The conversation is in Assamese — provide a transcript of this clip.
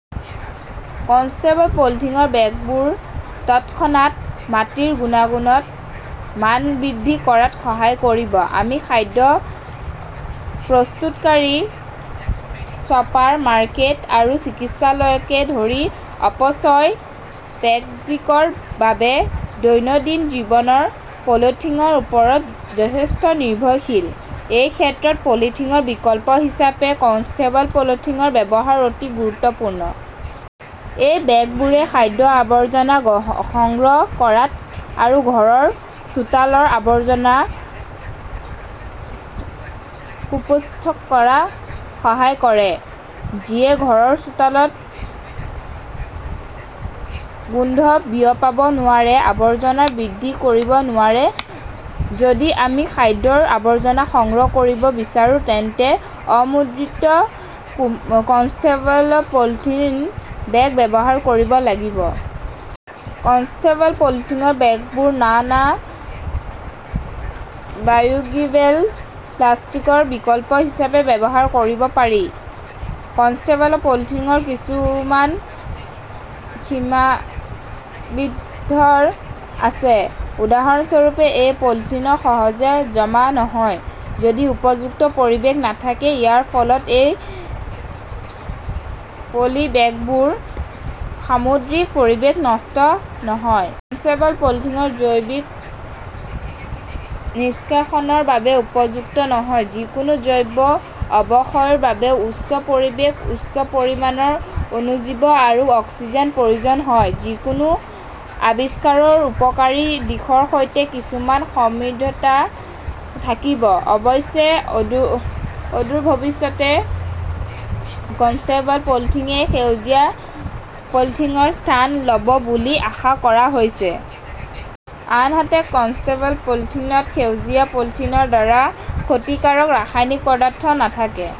কম্পোষ্টেবল পলিথিন বেগবোৰে তৎক্ষণাত মাটিৰ গুণগত মান বৃদ্ধি কৰাত সহায় কৰিব। আমি খাদ্য প্ৰস্তুতকাৰী, ছুপাৰ মাৰ্কেট আৰু চিকিৎসালয়কে ধৰি অপচয় পেকেজিংৰ বাবে দৈনন্দিন জীৱনত পলিথিনৰ ওপৰত যথেষ্ট নিৰ্ভৰশীল। এই ক্ষেত্ৰত পলিথিনৰ বিকল্প হিচাপে কম্পোষ্টেবল পলিথিনৰ ব্যৱহাৰ অতি গুৰুত্বপূৰ্ণ। এই বেগবোৰে খাদ্যৰ আৱৰ্জনা সংগ্ৰহ কৰাত আৰু ঘৰৰ চোতালৰ আৱৰ্জনা কম্পোষ্ট কৰাত সহায় কৰে, যিয়ে ঘৰৰ চোতালত গোন্ধ বিয়পাব নোৱাৰে, আৱৰ্জনা বৃদ্ধি কৰিব নোৱাৰে। যদি আমি খাদ্যৰ আৱৰ্জনা সংগ্ৰহ কৰিব বিচাৰো, তেন্তে অনুমোদিত কম্পোষ্টেবল পলিথিন বেগ ব্যৱহাৰ কৰিব লাগিব। কম্পোষ্টেবল পলিথিন বেগবোৰ নন-বায়োডিগ্ৰেডেবল প্লাষ্টিকৰ বিকল্প হিচাপে ব্যৱহাৰ কৰিব পাৰি। কম্পোষ্টেবল পলিথিনৰ কিছুমান সীমাবদ্ধতা আছে উদাহৰণস্বৰূপে এ পলিথিন সহজে জমা নহয়, যদি উপযুক্ত পৰিৱেশ নাথাকে। ইয়াৰ ফলত এই পলিবেগবোৰ সামুদ্ৰিক পৰিৱেশত নষ্ট নহয়। কম্পোষ্টেবল পলিথিন জৈৱ নিষ্কাশনৰ বাবে উপযুক্ত নহয়, কিয়নো জৈৱ অৱক্ষয়ৰ বাবে উষ্ণ পৰিৱেশ, উচ্চ পৰিমাণৰ অণুজীৱ আৰু অক্সিজেনৰ প্ৰয়োজন হয়। যিকোনো আৱিষ্কাৰৰ উপকাৰী দিশৰ সৈতে কিছুমান সীমাবদ্ধতা থাকিব। অৱশ্যে, অদূৰ ভৱিষ্যতে কম্পোষ্টেবল পলিথিনই সেউজীয়া পলিথিনৰ স্থান ল 'ব বুলি আশা কৰা হৈছে। আনহাতে, কম্পোষ্টেবল পলিথিনত সেউজীয়া পলিথিনৰ দৰে ক্ষতিকাৰক ৰাসায়নিক পদাৰ্থ নাথাকে।